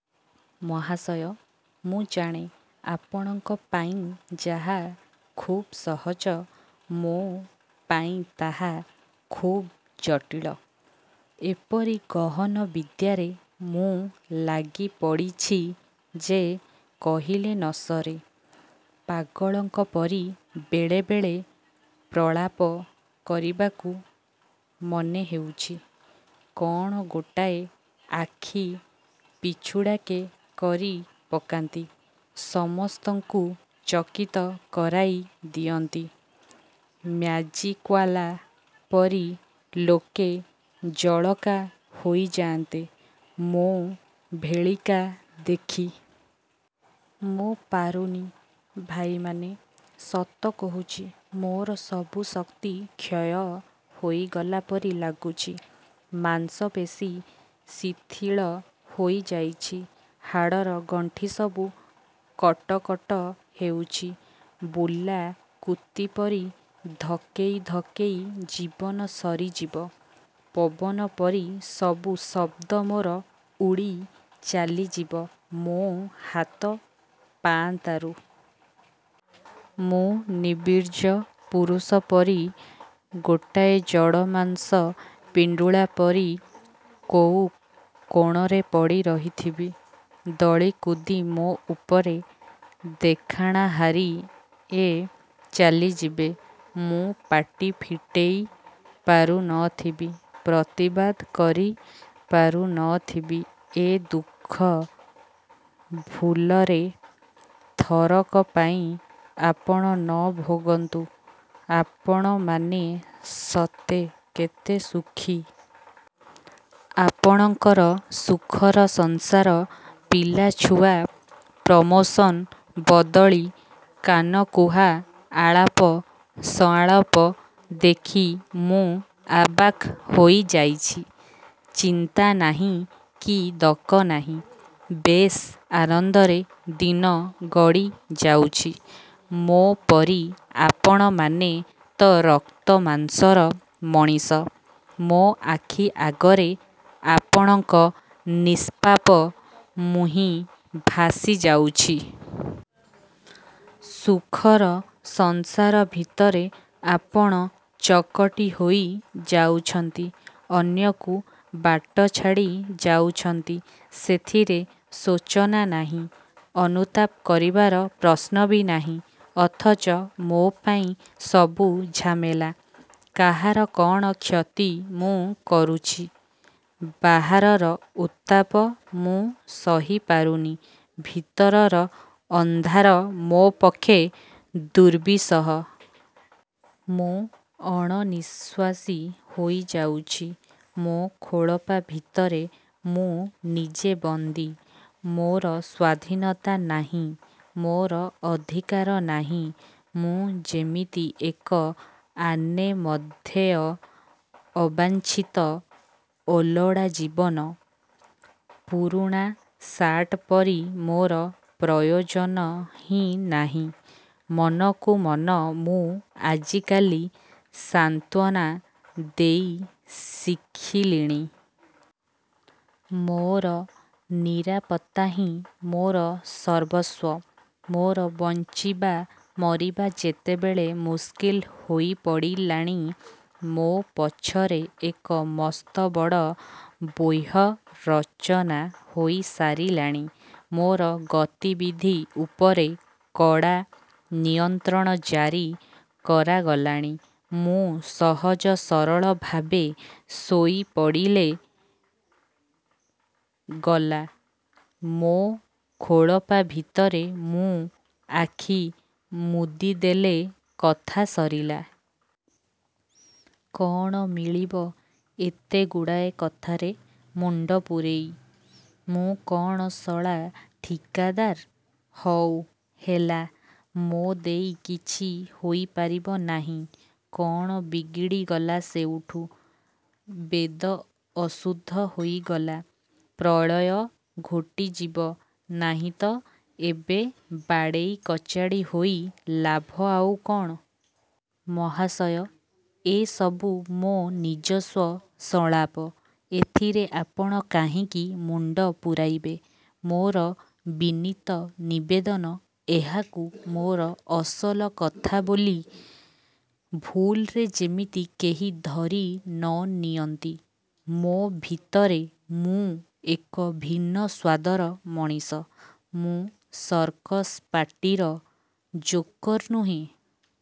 ମହାଶୟ, ମୁଁ ଜାଣେ, ଆପଣଙ୍କ ପାଇଁ ଯାହା ଖୁବ୍ ସହଜ ମୋ'ପାଇଁ ତାହା ଖୁବ୍ ଜଟିଳ। ଏପରି ଗହନ ବିଦ୍ୟାରେ ମୁଁ ଲାଗି ପଡ଼ିଛି ଯେ କହିଲେ ନସରେ। ପାଗଳଙ୍କ ପରି ବେଳେବେଳେ ପ୍ରଳାପ କରିବାକୁ ମନେହେଉଛି। କ'ଣ ଗୋଟାଏ ଆଖି ପିଛୁଡ଼ାକେ କରି ପକାନ୍ତି ସମସ୍ତଙ୍କୁ ଚକିତ କରାଇ ଦିଅନ୍ତି ମ୍ୟାଜିକ୍ବାଲା ପରି, ଲୋକେ ଜଳକା ହୋଇଯାଆନ୍ତେ ମୋ ଭେଳିକି ଦେଖି। ମୁଁ ପାରୁନି ଭାଇମାନେ। ସତ କହୁଛି, ମୋର ସବୁ ଶକ୍ତି କ୍ଷୟ ହୋଇଗଲା ପରି ଲାଗୁଛି। ମାଂସପେଶୀ ଶିଥିଳ ହୋଇଯାଉଛି। ହାଡ଼ର ଗଣ୍ଠିସବୁ କଟ କଟ ହେଉଛି। ବୁଲା କୁତିପରି ଧକେଇ ଧକେଇ ଜୀବନ ସରିଯିବ? ପବନ ପରି ସବୁ ଶବ୍ଦ ମୋର ଉଡ଼ି ଚାଲିଯିବ ମୋ ହାତ ପାଆନ୍ତାରୁ? ମୁଁ ନିବୀର୍ଯ୍ୟ ପୁରୁଷପରି, ଗୋଟାଏ ଜଡ଼ ମାଂସ ପିଣ୍ଡୁଳାପରି କୋଉ କୋଣରେ ପଡ଼ି ରହିଥିବି। ଦଳିକୁଦି ମୋ ଉପରେ ଦେଖାଣାହାରିଏ ଚାଲିଯିବେ। ମୁଁ ପାଟି ଫିଟେଇ ପାରୁନଥିବି। ପ୍ରତିବାଦ କରି ପାରୁନଥିବି। ଏ ଦୁଃଖ ଭୁଲରେ ଥରକ ପାଇଁ ଆପଣ ନ ଭୋଗନ୍ତୁ। ଆପଣମାନେ ସତେ କେତେସୁଖୀ! ଆପଣଙ୍କର ସୁଖର ସଂସାର, ପିଲାଛୁଆ, ପ୍ରମୋସନ୍, ବଦଳି, କାନକୁହା ଆଳାପ ସଂଳାପ ଦେଖି ମୁଁ ଅବାକ୍ ହୋଇଯାଉଛି। ଚିନ୍ତା ନାହିଁ କି ଦକ ନାହିଁ। ବେଶ୍ ଆନନ୍ଦରେ ଦିନ ଗଡ଼ିଯାଉଛି। ମୋ ପରି ଆପଣମାନେ ତ ରକ୍ତମାଂସର ମଣିଷ। ମୋ ଆଖି ଆଗରେ ଆପଣଙ୍କ ନିଷ୍ପାପ ମୁହିଁ ଭାଷି ଯାଉଛି। ସୁଖର ସଂସାର ଭିତରେ ଆପଣ ଚକଟିହୋଇ ଯାଉଛନ୍ତି। ଅନ୍ୟକୁ ବାଟ ଛାଡ଼ି ଯାଉଛନ୍ତି। ସେଥିରେ ଶୋଚନା ନାହିଁ। ଅନୁତାପ କରିବାର ପ୍ରଶ୍ନ ବି ନାହିଁ। ଅଥଚ ମୋ'ପାଇଁ ସବୁ ଝାମେଲା। କାହାର କ'ଣ କ୍ଷତି ମୁଁ କରୁଛି? ବାହାରର ଉତ୍ତାପ ମୁଁ ସହି ପାରୁନି। ଭିତରର ଅନ୍ଧାର ମୋ ପକ୍ଷେ ଦୁର୍ବିସହ। ମୁଁ ଅଣନିଃଶ୍ୱାସୀ ହୋଇଯାଉଛି। ମୋ ଖୋଳପା ଭିତରେ ମୁଁ ନିଜେ ବନ୍ଦୀ। ମୋର ସ୍ୱାଧୀନତା ନାହିଁ। ମୋର ଅଧିକାର ନାହିଁ। ମୁଁ ଯେମିତି ଏକ ଅନାମଧ୍ୟେୟ, ଅବାଞ୍ଛିତ, ଅଲୋଡ଼ାଜୀବ। ପୁରୁଣା ସାର୍ଟପରି ମୋର ପ୍ରୟୋଜନହିଁ ନାହିଁ। ମନକୁ ମନ ମୁଁ ଆଜିକାଲି ସାନ୍ତ୍ୱନା ଦେଇ ଶିଖିଲିଣି। ମୋର ନିରାପତ୍ତାହିଁ ମୋର ସର୍ବସ୍ୱ। ମୋର ବଞ୍ଚିବା ମରିବା ଯେତେବେଳେ ମୁସ୍କିଲ ହୋଇପଡ଼ିଲାଣି, ମୋ ପଛରେ ଏକ ମସ୍ତବଡ଼ ବ୍ୟୂହ ରଚନା ହୋଇ ସାରିଲାଣି, ମୋର ଗତିବିଧି ଉପରେ କଡ଼ା ନିୟନ୍ତ୍ରଣ ଜାରି କରାଗଲାଣି। ମୁଁ ସହଜ ସରଳ ଭାବେ ଶୋଇ ପଡ଼ିଲେ ଗଲା! ମୋ ଖୋଳପା ଭିତରେ ମୁଁ ଆଖି ମୁଦିଦେଲେ କଥା ସରିଲା। କ'ଣ ମିଳିବ ଏତେଗୁଡ଼ାଏ କଥାରେ ମୁଣ୍ତ ପୂରେଇ। ମୁଁ କ'ଣ ଶଳା ଠିକାଦାର! ହଉ ହେଲା ମୋ ଦେଇ କିଛି ହୋଇପାରିବ ନାହିଁ। କ'ଣ ବିଗିଡ଼ିଗଲା ସେଇଠୁ। ବେଦ ଅଶୁଦ୍ଧ ହୋଇଗଲା। ପ୍ରଳୟ ଘୋଟିଯିବ ନାହିଁତ! ଏବେ ବାଡ଼େଇ କଚାଡ଼ି ହୋଇ ଲାଭ ଆଉ କ'ଣ? ''ମହାଶୟ! ଏସବୁ ମୋ ନିଜସ୍ୱ ସଂଳାପ! ଏଥିରେ ଆପଣ କାହିଁକି ମୁଣ୍ତ ପୂରାଇବେ। ମୋର ବିନୀତ ନିବେଦନ, ଏହାକୁ ମୋର ଅସଲ କଥା ବୋଲି ଭୁଲରେ ଯେମିତି କେହି ଧରି ନ ନିଅନ୍ତି। ମୋ ଭିତରେ ମୁଁ ଏକ ଭିନ୍ନ ସ୍ୱାଦର ମଣିଷ। ମୁଁ ସର୍କସ ପାଟିର ଜୋକର ନୁହେଁ।